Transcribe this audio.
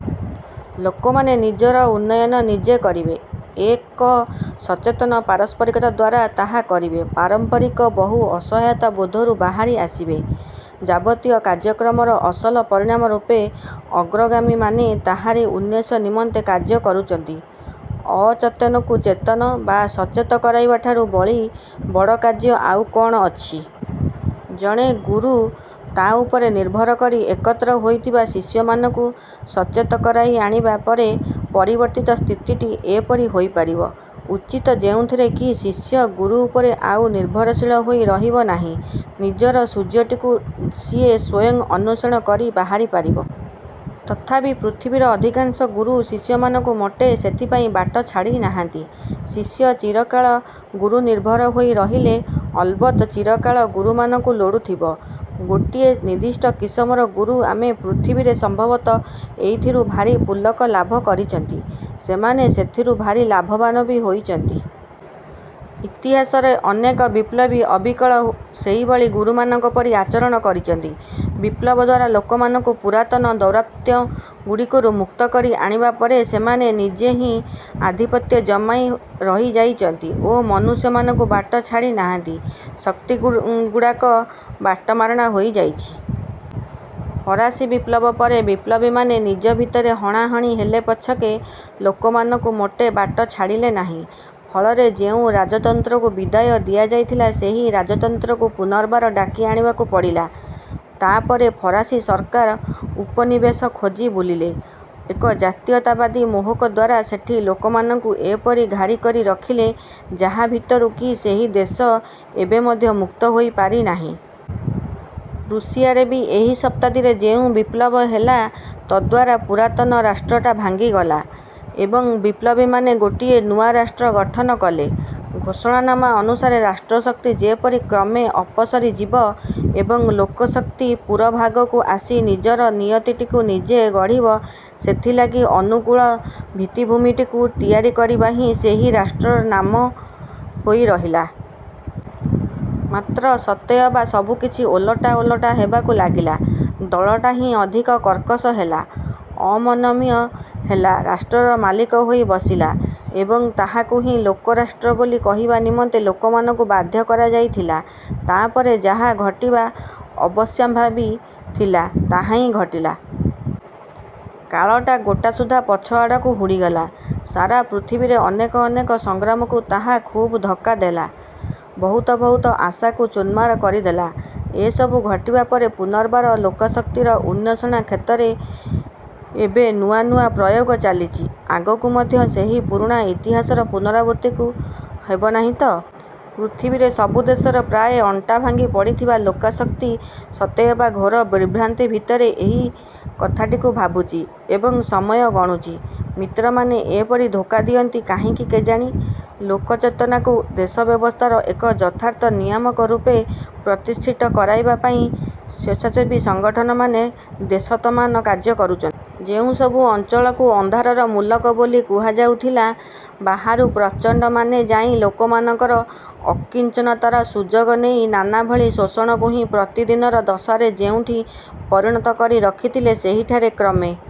ଲୋକମାନେ ନିଜର ଉନ୍ନୟନ ନିଜେ କରିବେ। ଏକ ସଚେତନ ପାରସ୍ପରିକତା ଦ୍ୱାରା ତାହା କରିବେ, ପାରମ୍ପରିକ ବହୁ ଅସହାୟତା ବୋଧରୁ ବାହାରି ଆସିବେ, ଯାବତୀୟ କାର୍ଯ୍ୟକ୍ରମର ଅସଲ ପରିଣାମ ରୂପେ ଅଗ୍ରଗାମୀମାନେ ତାହାରି ଉନ୍ମେଷ ନିମନ୍ତେ କାର୍ଯ୍ୟ କରୁଛନ୍ତି। ଅଚେତନକୁ ଚେତନ ବା ସଚେତ କରାଇବା ଠାରୁ ବଳି ବଡ଼ କାର୍ଯ୍ୟ ଆଉ କଣ ଅଛି? ଜଣେ ଗୁରୁ ତା ଉପରେ ନିର୍ଭର କରି ଏକତ୍ର ହୋଇଥିବା ଶିଷ୍ୟମାନଙ୍କୁ ସଚେତ କରାଇ ଆଣିବା ପରେ ପରିବର୍ତ୍ତିତ ସ୍ଥିତିଟି ଏପରି ହୋଇପାରିବ ଉଚିତ ଯେଉଁଥିରେ କି ଶିଷ୍ୟ ଗୁରୁ ଉପରେ ଆଉ ନିର୍ଭରଶୀଳ ହୋଇ ରହିବ ନାହିଁ ନିଜର ସୂର୍ଯ୍ୟଟିକୁ ସିଏ ସ୍ୱୟଂ ଅନ୍ୱେଷଣ କରି ବାହାରି ପାରିବ। ତଥାପି ପୃଥିବୀର ଅଧିକାଂଶ ଗୁରୁ ଶିଷ୍ୟମାନଙ୍କୁ ମୋଟେ ସେଥିପାଇଁ ବାଟ ଛାଡ଼ି ନାହାନ୍ତି। ଶିଷ୍ୟ ଚିରକାଳ ଗୁରୁନିର୍ଭର ହୋଇ ରହିଲେ ଅଲବତ ଚିରକାଳ ଗୁରୁମାନଙ୍କୁ ଲୋଡୁଥିବ। ଗୋଟିଏ ନିର୍ଦ୍ଧିଷ୍ଟ କିସମର ଗୁରୁ ଆମେ ପୃଥିବୀରେ ସମ୍ଭବତ ଏଇଥିରୁ ଭାରି ପୁଲକ ଲାଭ କରିଛନ୍ତି। ସେମାନେ ସେଥିରୁ ଭାରି ଲାଭବାନ ବି ହୋଇଛନ୍ତି। ଇତିହାସରେ ଅନେକ ବିପ୍ଳବୀ ଅବିକଳ ସେହିଭଳି ଗୁରୁମାନଙ୍କ ପରି ଆଚରଣ କରିଛନ୍ତି। ବିପ୍ଳବ ଦ୍ୱାରା ଲୋକମାନଙ୍କୁ ପୁରାତନ ଦୌରାତ୍ୟ ଗୁଡ଼ିକରୁ ମୁକ୍ତ କରି ଆଣିବା ପରେ ସେମାନେ ନିଜେ ହିଁ ଆଧିପତ୍ୟ ଜମାଇ ରହି ଯାଇଛନ୍ତି ଓ ମନୁଷ୍ୟମାନଙ୍କୁ ବାଟ ଛାଡ଼ି ନାହାନ୍ତି। ଶକ୍ତିଗୁଡ଼ାକ ବାଟମାରଣା ହୋଇଯାଇଛି। ଫରାସୀ ବିପ୍ଳବ ପରେ ବିପ୍ଳବୀମାନେ ନିଜ ଭିତରେ ହଣାହାଣି ହେଲେ ପଛକେ ଲୋକମାନଙ୍କୁ ମୋଟେ ବାଟ ଛାଡ଼ିଲେ ନାହିଁ। ଫଳରେ ଯେଉଁ ରାଜତନ୍ତ୍ରକୁ ବିଦାୟ ଦିଆଯାଇଥିଲା ସେହି ରାଜତନ୍ତ୍ରକୁ ପୂନର୍ବାର ଡାକି ଆଣିବାକୁ ପଡ଼ିଲା। ତାପରେ ଫରାସୀ ସରକାର ଉପନିବେଶ ଖୋଜି ବୁଲିଲେ ଏକ ଜାତୀୟତାବାଦୀ ମୋହକ ଦ୍ୱାରା ସେଠି ଲୋକମାନଙ୍କୁ ଏପରି ଘାରି କରି ରଖିଲେ ଯାହା ଭିତରୁ କି ସେହି ଦେଶ ଏବେ ମଧ୍ୟ ମୁକ୍ତ ହୋଇ ପାରିନାହିଁ। ରୁଷିଆରେ ବି ଏହି ଶତାବ୍ଦୀରେ ଯେଉଁ ବିପ୍ଳବ ହେଲା ତଦ୍ଦ୍ୱାରା ପୁରାତନ ରାଷ୍ଟ୍ରଟା ଭାଙ୍ଗିଗଲା ଏବଂ ବିପ୍ଲବୀମାନେ ଗୋଟିଏ ନୂଆ ରାଷ୍ଟ୍ର ଗଠନ କଲେ। ଘୋଷଣାନାମା ଅନୁସାରେ ରାଷ୍ଟ୍ରଶକ୍ତି ଯେପରି କ୍ରମେ ଅପସରିଯିବ ଏବଂ ଲୋକଶକ୍ତି ପୁରୋଭାଗକୁ ଆସି ନିଜର ନିୟତିଟିକୁ ନିଜେ ଗଢିବ ସେଥିଲାଗି ଅନୁକୂଳ ଭିତ୍ତିଭୂମିଟିକୁ ତିଆରି କରିବା ହିଁ ସେହି ରାଷ୍ଟ୍ରର ନାମ ହୋଇ ରହିଲା। ମାତ୍ର ସତେ ଅବା ସବୁକିଛି ଓଲଟା ଓଲଟା ହେବାକୁ ଲାଗିଲା ଦଳଟା ହିଁ ଅଧିକ କର୍କଶ ହେଲା, ଅମନମୀୟ ହେଲା ରାଷ୍ଟ୍ରର ମାଲିକ ହୋଇ ବସିଲା ଏବଂ ତାହାକୁ ହିଁ ଲୋକରାଷ୍ଟ୍ର ବୋଲି କହିବା ନିମନ୍ତେ ଲୋକମାନଙ୍କୁ ବାଧ୍ୟ କରାଯାଇଥିଲା। ତାପରେ ଯାହା ଘଟିବା ଅବଶ୍ୟମ୍ଭାବୀ ଥିଲା ତାହାହିଁ ଘଟିଲା। କାଳଟା ଗୋଟାସୁଦ୍ଧା ପଛ ଆଡ଼କୁ ହୁଡ଼ିଗଲା। ସାରା ପୃଥିବୀରେ ଅନେକ ଅନେକ ସଂଗ୍ରାମକୁ ତାହା ଖୁବ୍ ଧକ୍କା ଦେଲା, ବହୁତ ବହୁତ ଆଶାକୁ ଚୁରମାର କରିଦେଲା। ଏସବୁ ଘଟିବା ପରେ ପୁନର୍ବାର ଲୋକାଶକ୍ତିର ଉନେଷଣା କ୍ଷେତ୍ରରେ ଏବେ ନୂଆ ନୂଆ ପ୍ରୟୋଗ ଚାଲିଛି। ଆଗକୁ ମଧ୍ୟ ସେହି ପୁରୁଣା ଇତିହାସର ପୁନରାବୃତ୍ତି ହେବନାହିଁ ତ? ପୃଥିବୀରେ ବହୁ ଦେଶରେ ପ୍ରାୟ ଅଣ୍ଟା ଭାଙ୍ଗି ପଡ଼ିଥିବା ଲୋକାଶକ୍ତି ସତେଅବା ଘୋର ବିଭ୍ରାନ୍ତି ଭିତରେ ଏହି କଥାଟିକୁ ଭାବୁଛି ଏବଂ ସମୟ ଗଣୁଛି। ମିତ୍ରମାନେ ଏପରି ଧୋକା ଦିଅନ୍ତି କାହିଁକି କେଜାଣି? ଲୋକଚେତନାକୁ ଦେଶ ବ୍ୟବସ୍ଥାର ଏକ ଯଥାର୍ଥ ନିୟାମକ ରୂପେ ପ୍ରତିଷ୍ଠିତ କରାଇବା ପାଇଁ ସ୍ୱେଚ୍ଛାସେବୀ ସଂଗଠନମାନେ ଦେଶତମାମ କାର୍ଯ୍ୟ କରୁଛନ୍ତି। ଯେଉଁସବୁ ଅଂଚଳକୁ ଅନ୍ଧାରର ମୂଲକ ବୋଲି କୁହାଯାଉଥିଲା ବାହାରୁ ପ୍ରଚଣ୍ଡ ମାନେ ଯାଇ ଲୋକମାନଙ୍କର ଅକିଞ୍ଚନତାର ସୁଯୋଗ ନେଇ ନାନାଭଳି ଶୋଷଣକୁ ହିଁ ପ୍ରତିଦିନର ଦଶାରେ ଯେଉଁଠି ପରିଣତ କରି ରଖିଥିଲେ ସେଠାରେ କ୍ରମେ